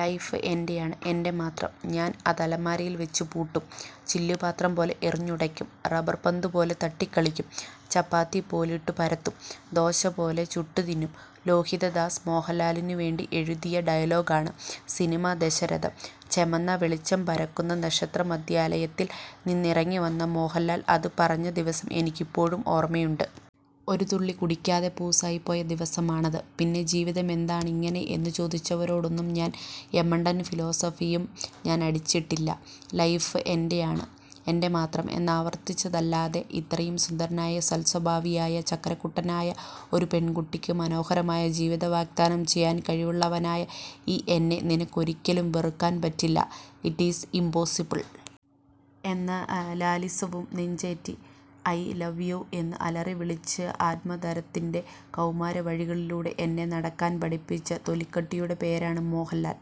Life എൻ്റെയാണ്, എൻ്റെ മാത്രം. ഞാൻ അതലമാരയിൽ വച്ച് പൂട്ടും, ചില്ലു പാത്രം പോലെ എറിഞ്ഞുടയ്ക്കും, റബ്ബർ പന്തു പോലെ തട്ടിക്കളിക്കും, ചപ്പാത്തി പോലിട്ടു പരത്തും, ദോശ പോലെ ചുട്ടു തിന്നും. ലോഹിതദാസ് മോഹൻലാലിനു വേണ്ടി എഴുതിയ ഡയലോഗാണ്, സിനിമ ദശരഥം. ചെമന്ന വെളിച്ചം പരക്കുന്ന നക്ഷത്ര മദ്യാലയത്തിൽ നിന്നിറങ്ങിവന്ന് മോഹൻലാൽ അതു പറഞ്ഞ ദിവസം എനിക്കിപ്പോഴും ഓർമയുണ്ട്. ഒരു തുള്ളി കുടിക്കാതെ പൂസായിപ്പോയ ദിവസമാണത്. പിന്നെ, ജീവിതമെന്താണിങ്ങനെ എന്നു ചോദിച്ചവരോടൊന്നും ഒരു യമണ്ടൻ ഫിലോസഫിയും ഞാൻ അടിച്ചിട്ടില്ല, ലൈഫ് എൻ്റെയാണ് എൻ്റെ മാത്രം എന്നാവർത്തിച്ചതല്ലാതെ. ഇത്രയും സുന്ദരനായ, സൽസ്വഭാവിയായ, ചക്കരക്കുട്ടനായ, ഒരു പെൺകുട്ടിക്ക് മനോഹരമായ ജീവിതം വാഗ്ദാനം ചെയ്യാൻ കഴിവുള്ളവനായ ഈ എന്നെ നിനക്കൊരിക്കലും വെറുക്കാൻ പറ്റില്ല, ഇറ്റ് ഈസ് ഇമ്പോസിബിൾ. എന്ന ലാലിസവും നെഞ്ചേറ്റി, ഐ ലവ് യൂ എന്ന് അലറി വിളിച്ച് ആത്മാദരത്തിൻ്റെ കൗമാരവഴികളിലൂടെ എന്നെ നടക്കാൻ പഠിപ്പിച്ച തൊലിക്കട്ടിയുടെ പേരാണ് മോഹൻലാൽ.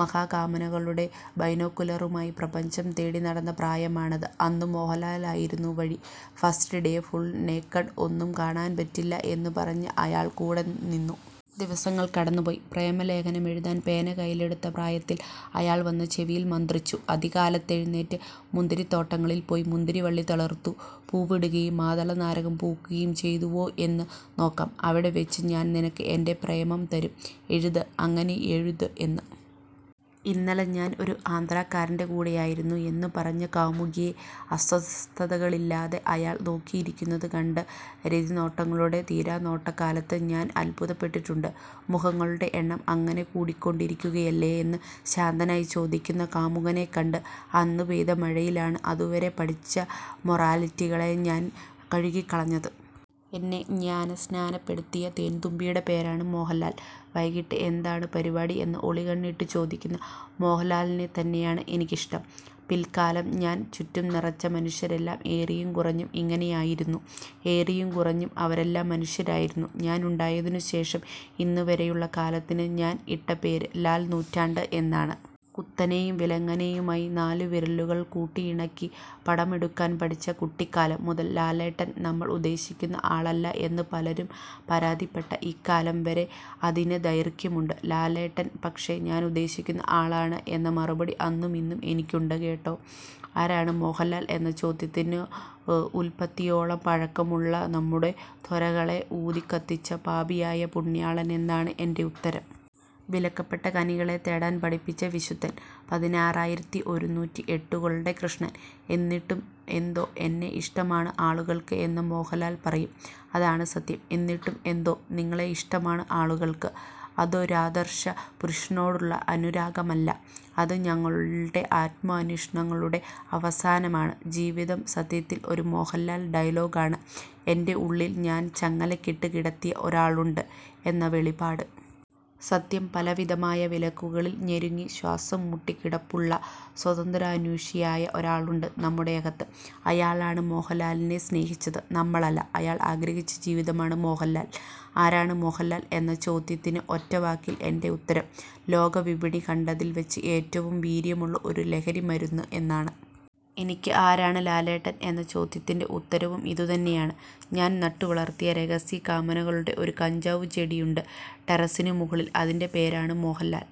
മഹാകാമനകളുടെ ബൈനോക്കുലറുമായി പ്രപഞ്ചം തേടി നടന്ന പ്രായമാണത്. അന്നും മോഹൻലാലായിരുന്നു വഴി. ഫസ്റ്റ് ഡേ ഫുൾ നേക്കഡ് ഒന്നും കാണാൻ പറ്റില്ല എന്ന് പറഞ്ഞ് അയാൾ കൂടെ നിന്നു. ദിവസങ്ങൾ കടന്നു പോയി. പ്രേമലേഖനമെഴുതാൻ പേന കൈയിലെടുത്ത പ്രായത്തിൽ അയാൾ വന്ന് ചെവിയിൽ മന്ത്രിച്ചു, അതികാലത്തെഴുന്നേറ്റ് മുന്തിരിത്തോട്ടങ്ങളിൽ പോയി മുന്തിരിവള്ളി തളിർത്തു പൂവിടുകയും മാതള നാരകം പൂക്കുകയും ചെയ്തുവോ എന്ന് നോക്കാം, അവിടെ വച്ച് ഞാൻ നിനക്ക് എൻ്റെ പ്രേമം തരും, എഴുത് അങ്ങനെയെഴുത് എന്ന്. ഇന്നലെ ഞാൻ ഒരു ആന്ധ്രക്കാരൻ്റെ കൂടെയായിരുന്നു എന്ന് പറഞ്ഞ കാമുകിയെ അസ്വസ്ഥതകളില്ലാതെ അയാൾ നോക്കിയിരിക്കുന്നത് കണ്ട് രതിനോട്ടങ്ങളുടെ തിരനോട്ടകാലത്ത് ഞാൻ അത്ഭുതപ്പെട്ടിട്ടുണ്ട്, മുഖങ്ങളുടെ എണ്ണം അങ്ങനെ കൂടിക്കൊണ്ടിരിക്കുകയല്ലേ എന്ന് ശാന്തനായി ചോദിക്കുന്ന കാമുകനെ കണ്ട്. അന്ന് പെയ്ത മഴയിലാണ് അതുവരെ പഠിച്ച മൊറാലിറ്റികളെ ഞാൻ കഴുകിക്കളഞ്ഞത്. എന്നെ ജ്ഞാനസ്നാനപ്പെടുത്തിയ തേൻതുമ്പിയുടെ പേരാണ് മോഹൻലാൽ. വൈകിട്ട് എന്താണ് പരിപാടി എന്ന് ഒളികണ്ണിട്ടു ചോദിക്കുന്ന മോഹൻലാലിനെത്തന്നെയാണ് എനിക്കിഷ്ടം. പിൽക്കാലം ഞാൻ ചുറ്റും നിറച്ച മനുഷ്യരെല്ലാം ഏറിയും കുറഞ്ഞും ഇങ്ങനെയായിരുന്നു. ഏറിയും കുറഞ്ഞും അവരെല്ലാം മനുഷ്യരായിരുന്നു. ഞാൻ ഉണ്ടായതിനു ശേഷം ഇന്നുവരെയുള്ള കാലത്തിന് ഞാൻ ഇട്ട പേര് ലാൽ നൂറ്റാണ്ട് എന്നാണ്. കുത്തനെയും വിലങ്ങനെയുമായി നാലു വിരലുകൾ കൂട്ടിയിണക്കി പടമെടുക്കാൻ പഠിച്ച കുട്ടിക്കാലം മുതൽ, ലാലേട്ടൻ നമ്മൾ ഉദ്ദേശിക്കുന്ന ആളല്ല എന്ന് പലരും പരാതിപ്പെട്ട ഇക്കാലം വരെ അതിന് ദൈർഘ്യമുണ്ട്. ലാലേട്ടൻ പക്ഷേ ഞാൻ ഉദ്ദേശിക്കുന്ന ആളാണ് എന്ന മറുപടി അന്നുമിന്നും എനിക്കുണ്ട് കേട്ടോ. ആരാണ് മോഹൻലാൽ എന്ന ചോദ്യത്തിന്, ഉൽപ്പത്തിയോളം പഴക്കമുള്ള നമ്മുടെ ത്വരകളെ ഊതിക്കത്തിച്ച പാപിയായ പുണ്യാളൻ എന്നാണ് എൻ്റെ ഉത്തരം. വിലക്കപ്പെട്ട കനികളെ തേടാൻ പഠിപ്പിച്ച വിശുദ്ധൻ, പതിനാറായിരത്തി ഒരുന്നൂറ്റി എട്ടുകളുടെ കൃഷ്ണൻ. എന്നിട്ടും എന്തോ, എന്നെ ഇഷ്ടമാണ് ആളുകൾക്ക് എന്ന് മോഹൻലാൽ പറയും. അതാണ് സത്യം. എന്നിട്ടും എന്തോ, നിങ്ങളെ ഇഷ്ടമാണ് ആളുകൾക്ക്. അതൊരാദർശ പുരുഷനോടുള്ള അനുരാഗമല്ല. അത് ഞങ്ങളുടെ ആത്മാന്വേഷണങ്ങളുടെ അവസാനമാണ്. ജീവിതം സത്യത്തിൽ ഒരു മോഹൻലാൽ ഡയലോഗാണ്, എൻ്റെ ഉള്ളിൽ ഞാൻ ചങ്ങലയ്ക്കിട്ട് കിടത്തിയ ഒരാളുണ്ട് എന്ന വെളിപാട്. സത്യം, പല വിധമായ വിലക്കുകളിൽ ഞെരുങ്ങി ശ്വാസം മുട്ടിക്കിടപ്പുള്ള സ്വാതന്ത്ര്യാന്വേഷിയായ ഒരാളുണ്ട് നമ്മുടെ അകത്ത്. അയാളാണ് മോഹൻലാലിനെ സ്നേഹിച്ചത്, നമ്മളല്ല. അയാൾ ആഗ്രഹിച്ച ജീവിതമാണ് മോഹൻലാൽ. ആരാണ് മോഹൻലാൽ എന്ന ചോദ്യത്തിന് ഒറ്റ വാക്കിൽ എൻ്റെ ഉത്തരം, ലോകവിപണി കണ്ടതിൽ വച്ച് ഏറ്റവും വീര്യമുള്ള ഒരു ലഹരിമരുന്ന് എന്നാണ്. എനിക്ക് ആരാണ് ലാലേട്ടൻ എന്ന ചോദ്യത്തിൻ്റെ ഉത്തരവും ഇതുതന്നെയാണ്. ഞാൻ നട്ടുവളർത്തിയ രഹസ്യ കാമനകളുടെ ഒരു കഞ്ചാവു ചെടിയുണ്ട് ടെറസ്സിന് മുകളിൽ, അതിൻ്റെ പേരാണ് മോഹൻലാൽ.